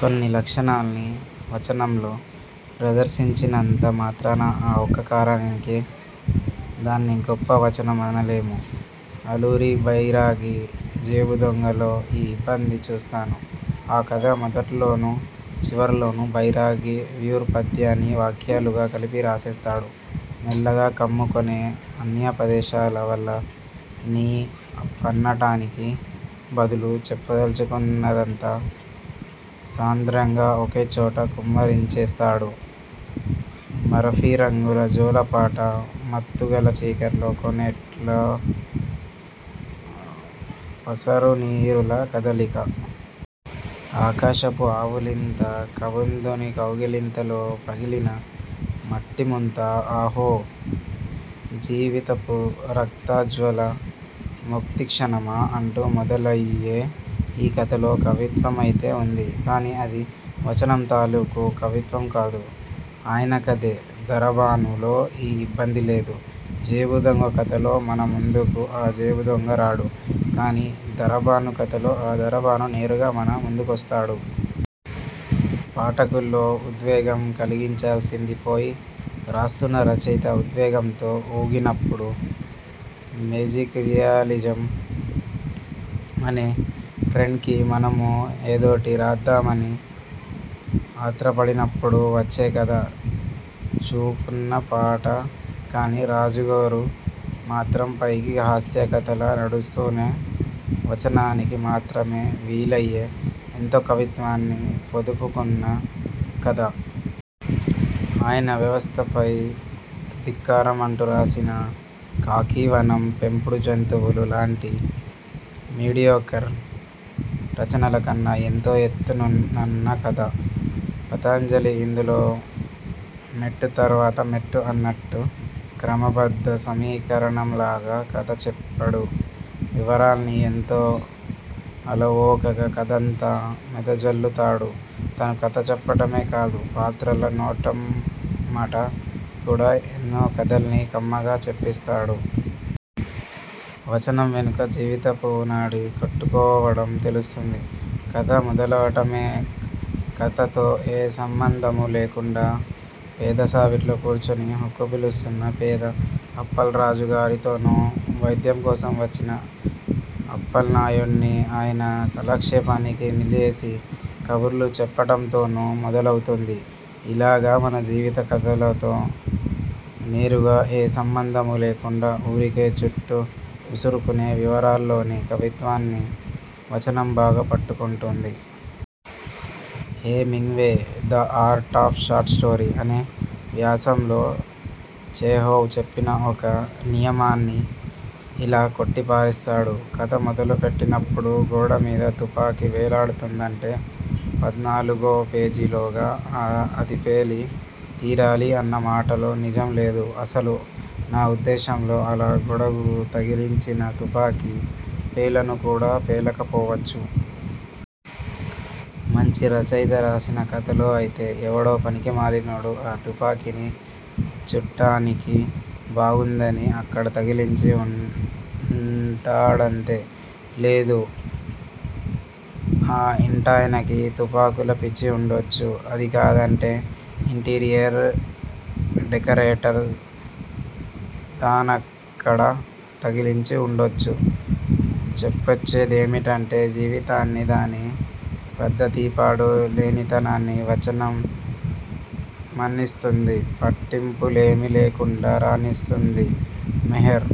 కొన్ని లక్షణాల్ని వచనంలో ప్రదర్శించినంత మాత్రాన, ఆ ఒక్క కారణానికే దాన్ని గొప్ప వచనం అనలేము. ఆలూరి బైరాగి 'జేబుదొంగ'లో ఈ ఇబ్బంది చూస్తాను. ఆ కథ మొదట్లోనూ చివర్లోనూ బైరాగి ప్యూర్ పద్యాన్ని వాక్యాలుగా కలిపి రాసేస్తాడు. ''మెల్లగా కమ్ముకొనే అన్యాపదేశాల వల''ని పన్నటానికి బదులు, చెప్పదల్చుకున్నదంతా సాంద్రంగా ఒకేచోట కుమ్మరించేస్తాడు: ''మరఫిరంగుల జోలపాట, మత్తుగల చీకట్ల కోనేట్లో పసరునీరుల కదలిక. ఆకాశపు ఆవులింత. కబంధుని కౌగిలింతలో పగిలిన మట్టిముంత. అహో! జీవితపు రక్తోజ్వల ముక్తిక్షణమా'' అంటూ మొదలయ్యే ఈ కథలో కవిత్వమైతే ఉంది, కానీ అది వచనం తాలూకు కవిత్వం కాదు. ఆయన కథే 'దరబాను'లో ఈ ఇబ్బంది లేదు. 'జేబుదొంగ' కథలో మన ముందుకు ఆ జేబుదొంగ రాడు, కానీ 'దరబాను' కథలో ఆ దరబాను నేరుగా మన ముందుకొస్తాడు. పాఠకుల్లో ఉద్వేగం కలిగించాల్సింది పోయి రాస్తున్న రచయితే ఉద్వేగంతో ఊగినప్పుడూ, మేజిక్రియలిజం అనే ట్రెండ్కి మనమూ ఏదోటి రాద్దామని ఆత్రపడినప్పుడూ వచ్చే కథ 'చూపున్న పాట'. కానీ 'రాజుగోరు' మాత్రం పైకి హాస్య కథలా నడుస్తూనే, వచనానికి మాత్రమే వీలయ్యే ఎంతో కవిత్వాన్ని పొదువుకున్న కథ. ఆయన వ్యవస్థపై ధిక్కారమంటూ రాసిన 'ఖాకీవనం', 'పెంపుడు జంతువులు' లాంటి మీడియోకర్ రచనల కన్నా ఎంతో ఎత్తు నున్న కథ. పతంజలి ఇందులో మెట్టు తర్వాత మెట్టు అన్నట్టు క్రమబద్ధ సమీకరణంలాగ కథ చెప్పడు. వివరాల్ని ఎంతో అలవోకగా కథంతా వెదజల్లుతాడు. తను కథ చెప్పటమే కాదు, పాత్రల నోటమ్మటా కూడా ఎన్నో కథల్ని కమ్మగా చెప్పిస్తాడు. వచనం వెనుక జీవితపు నాడి కొట్టుకోవడం తెలుస్తుంది. కథ మొదలవటమే, కథతో ఏ సంబంధమూ లేకుండా పెదసావిట్లో కూర్చుని హుక్కా పీలుస్తున్న పెద అప్పల్రాజు గారితోనూ, వైద్యం కోసం వచ్చిన అప్పల్నాయుడ్ని ఆయన కాలక్షేపానికి నిలేసి కబుర్లు చెప్పటంతోనూ మొదలవుతుంది. ఇలాగ మన జీవిత కథలతో నేరుగా ఏ సంబంధమూ లేకుండా ఊరకే చుట్టూ ముసురుకునే వివరాల్లోని కవిత్వాన్ని వచనం బాగా పట్టుకుంటుంది. Hemingway 'the art of short story' అనే వ్యాసంలో చెహోవ్ చెప్పిన ఒక నియమాన్ని ఇలా కొట్టిపారేస్తాడు: ''కథ మొదలుపెట్టినప్పుడు గోడ మీద తుపాకీ వేలాడుతోందంటే పద్నాలుగో పేజీలోగా అది పేలి తీరాలీ అన్న మాటలో నిజం లేదు. అసలు నా ఉద్దేశంలో, అలా గోడకు తగిలించిన తుపాకీ పేలను కూడా పేలకపోవచ్చు. మంచి రచయిత రాసిన కథలో ఐతే ఎవడో పనికిమాలినోడు ఆ తుపాకీని చూట్టానికి బాగుందని అక్కడ తగిలించి ఉంటాడంతే. లేదూ ఆ ఇంటాయనకి తుపాకుల పిచ్చి ఉండొచ్చు. అదీ కాదంటే, ఇంటీరియర్ డెకరేటర్ దాన్నక్కడ తగిలించి వుండొచ్చు. '' చెప్పొచ్చేదేమిటంటే- జీవితాన్నీ, దాని పద్ధతీపాడూ లేనితనాన్నీ వచనం మన్నిస్తుంది, పట్టింపులేమీ లేకుండా రానిస్తుంది. మెహెర్।